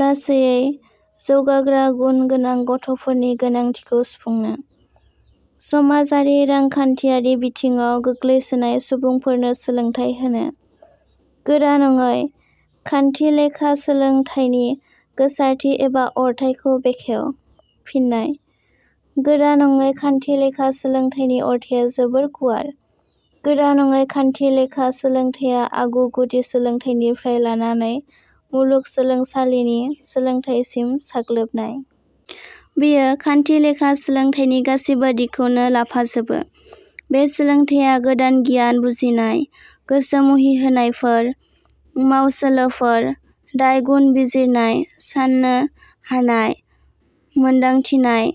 लासैयै जौगाग्रा गुनगोनां गथ'फोरनि गोनांथिखौ सुफुंनो।. समाजारि रांखान्थियारि बिथिङाव गोग्लैसोनाय सुबुंफोरनो सोलोंथाइ होनो।.गोरा नङै खान्थिलेखा सोलोंथाइनि गोसारथि एबा अरथाइखौ बेखेव। फिन्नाय: गोरा नङै खान्थिलेखा सोलोंथाइनि अरथाइया जोबोर गुवार। गोरा नङै खान्थिलेखा सोलोंथाइया आगु गुदि सोलोंथाइनिफ्राय लानानै मुलुगसोलोंसालिनि सोलोंथाइ सिम साग्लोबनाय। बेयो खान्थिलेखा सोलोंथाइनि गासिबो दिगखौनो लाफाजोबो। बे सोलोंथाइया गोदान गियान, बुजिनाय, गोसो मुहिहोनायफोर, मावसोलोफोर, दाय – गुन बिजिरनाय, साननो हानाय, मोनदांथिनाय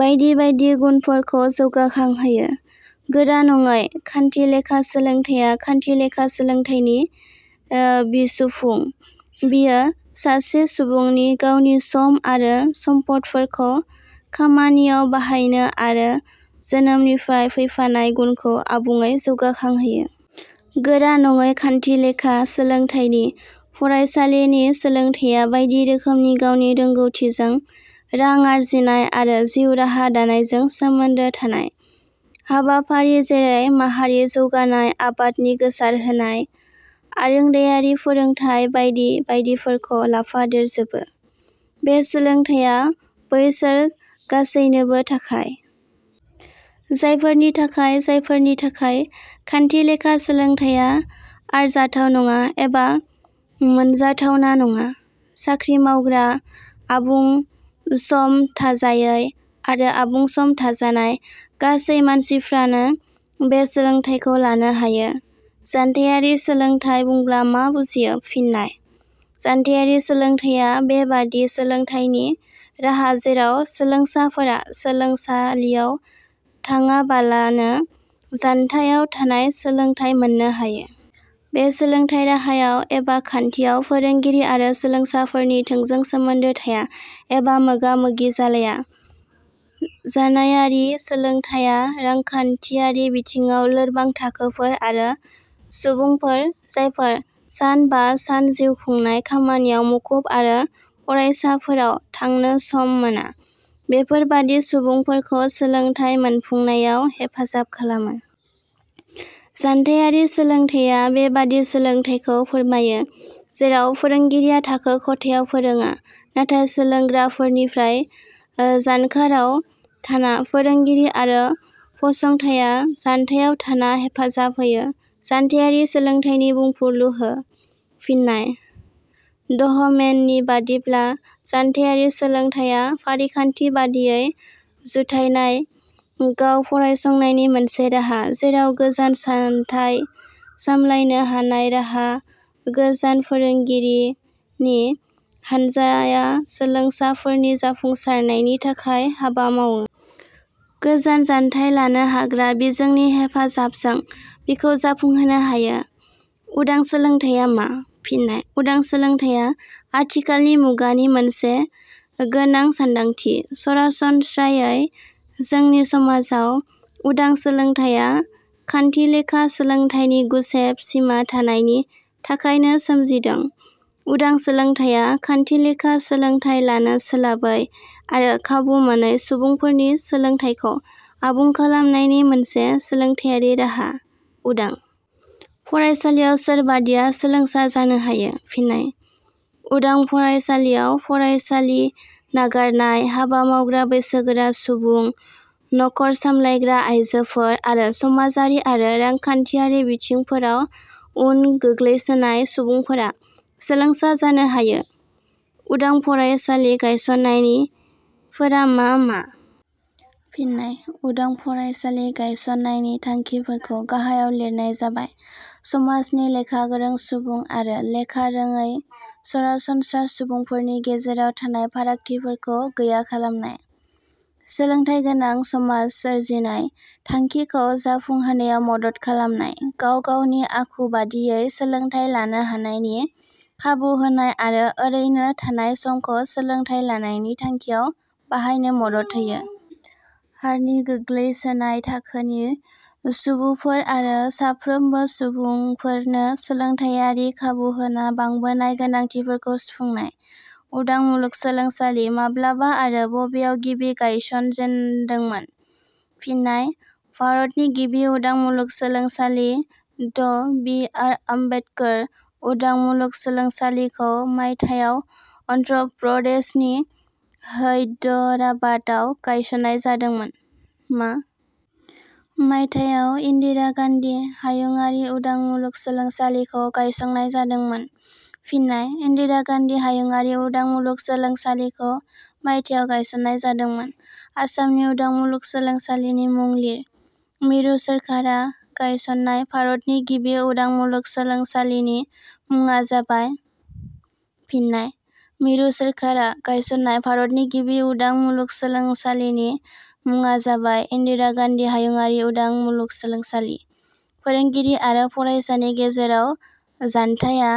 बायदि बायदि गुबुनफोरखौ जौगाखांहोयो। गोरा नङै खान्थिलेखा सोलोंथाइया खान्थिलेखा सोलोंथाइनि बिसुफुं। बेयो सासे सुबुंनि गावनि सम आरो सम्पदफोरखौ खामानिआव बाहायनो आरो जोनोमनिफ्राय फैफानाय गुनखौ आबुङै जौगाखांहोयो। गोरा नङै खान्थिलेखा सोलोंथाइनि फरायसालिनि सोलोंथाइया बायदि रोखोमनि गावनि रोंगौथिजों रां आरजिनाय आरो जिउ राहा दानायजों सोमोन्दो थानाय हाबाफारि जेरै माहारि जौगानाय आबादनि गोसारहोनाय, आरोंदायारि फोरोंथाइ बायदि बायदिफोरखौ लाफादेर जोबो। बे सोलोंथाइया बैसोर गासैनोबो थाखाय। जायफोरनि थाखाय जायफोरनि थाखाय खान्थिलेखा सोलोंथाइया आरजाथाव नङा एबा मोनथावना नङा। साख्रि मावग्रा, आबुं सम थाजायै आरो आबुं सम थाजानाय गासै मानसिफ्रानो बे सोलोंथाइखौ लानो हायो।. जानथाइयारि सोलोंथाइ बुंब्ला मा बुजियो? फिन्नाय: जानथाइयारि सोलोंथाइया बे बादि सोलोंथाइनि राहा जेराव सोलोंसाफोरा सोलोंसालियाव थांआबालानो जानथाइयाव थाना सोलोंथाइ मोननो हायो। बे सोलोंथाइ राहायाव एबा खान्थियाव फोरोंगिरि आरो सोलोंसाफोरनि थोंजों सोमोन्दो थाया एबा मोगा मोगि जालाया। जानायाइयारि सोलोंथाइया रांखान्थियारि बिथिङाव लोरबां थाखोफोर आरो सुबुंफोर, जायफोर सान बा सान जिउखुंनाय खामानियाव मुखुब आरो फरायसाफोराव थांनो सम मोना बेफोरबादि सुबुंफोरखौ सोलोंथाइ मोनफुंनायाव हेफाजाब खालामो। जानथाइयारि सोलोंथाइया बे बादि सोलोंथाइखौ फोरमायो जेराव फोरोंगिरिया थाखो खथायाव फोरोंआ, नाथाय सोलोंग्राफोरनिफ्राय जानखाराव थाना फोरोंगिरि आरो फसंथाइया जानथाइयाव थाना हेफाजाब होयो।.जानथाइयारि सोलोंथाइनि बुंफुरलु हो। फिन्नाय: दहमेन नि बादिब्ला, " जानथाइयारि सोलोंथाइया फारिखान्थि बादियै जुथायनाय गाव फरायसंनायनि मोनसे राहा जेराव गोजान जानथाइ सामलायनो हानाय राहा गोजान फोरोंगिरिनि हानजाया सोलोंसाफोरनि जाफुंसारनायनि थाखाय हाबा मावो। गोजान जानथाइ लानो हाग्रा बिजोंनि हेफाजाबजों बिखौ जाफुंहोनो हायो। ".उदां सोलोंथाइया मा? फिन्नाय: उदां सोलोंथाइया आथिखालनि मुगानि मोनसे गोनां सान्दांथि। सरासनस्रायै जोंनि समाजाव उदां सोलोंथाइया खान्थिलेखा सोलोंथाइनि गुसेब सिमा थानायनि थाखायनो सोमजिदों। उदां सोलोंथाइया खान्थिलेखा सोलोंथाइ लानो सोलाबै आरो खाबु मोनै सुबुंफोरनि सोलोंथाइखौ आबुं खालामनायनि मोनसे सोलोंथाइयारि राहा।.उदां फरायसालियाव सोरबादिया सोलोंसा जानो हायो? फिन्नाय: उदां फरायसालियाव फरायसालि नागारनाय, हाबा मावग्रा बैसोगोरा सुबुं, नख 'र सामलायग्रा आइजोफोर आरो समाजारि आरो रांखान्थियारि बिथिंफोराव उन गोग्लैसोनाय सुबुंफोरा सोलोंसा जानो हायो।. उदां फरायसालि गायसननायनि फोरा मा मा? फिन्नाय :उदां फरायसालि गायसननायनि थांखिफोरखौ गाहायाव लिरनाय जाबाय:. समाजनि लेखा गोरों सुबुं आरो लेखा रोङै सरासनस्रा सुबुंफोरनि गेजेराव थानाय फारागथिफोरखौ गैया खालामनाय।. सोलोंथाइ गोनां समास सोरजिनाय थांखिखौ जाफुंहोनायाव मदद खालामनाय. गाव गावनि आखु बादियै सोलोंथाइ लानो हानायनि खाबु होनाय आरो ओरैनो थानाय समखौ सोलोंथाइ लानायनि थांखियाव बाहायनो मदद होयो।. हारनि गोग्लैसोनाय थाखोनि सुबुफोर आरो साफ्रोमबो सुबुंफोरनो सोलोंथाइयारि खाबुहोना बांबोनाय गोनांथिखौ सुफुंनाय।.उदां मुलुगसोलोंसालि माब्ला आरो बबेयाव गिबि गायसन जाजेनदोंमोन? फिन्नाय: भारतनि गिबि उदां मुलुगसोलोंसालि ड बि. आर. आम्बेदकार उदां मुलुगसोलोंसालिखौ मायथाइयाव अन्ध्र प्रदेशनि हैदराबादआव गायसननाय जादोंमोन।.मा मायथाइयाव इन्दिरा गान्धी हायुंङारि उदां मुलुगसोलोंसालिखौ गायसंनाय जादोंमोन? फिन्नाय: इन्दिरा गान्धी हायुंङारि उदां मुलुगसोलोंसालिखौ मायथाइयाव गायसननाय जादोंमोन।.आसामनि उदां मुलुगसोलोंसालिनि मुं लिर।.मिरु सोरखारा गायसननाय भारतनि गिबि उदां मुलुगसोलोंसालिनि मुंङा जाबाय………. फिन्नाय: मिरु सोरखारा गायसननाय भारतनि गिबि उदां मुलुगसोलोंसालिनि मुंङा जाबाय इन्दिरा गान्धी हायुंङारि उदां मुलुगसोलोंसालि।.फोरोंगिरि आरो फरायसानि गेजेराव जानथाइया……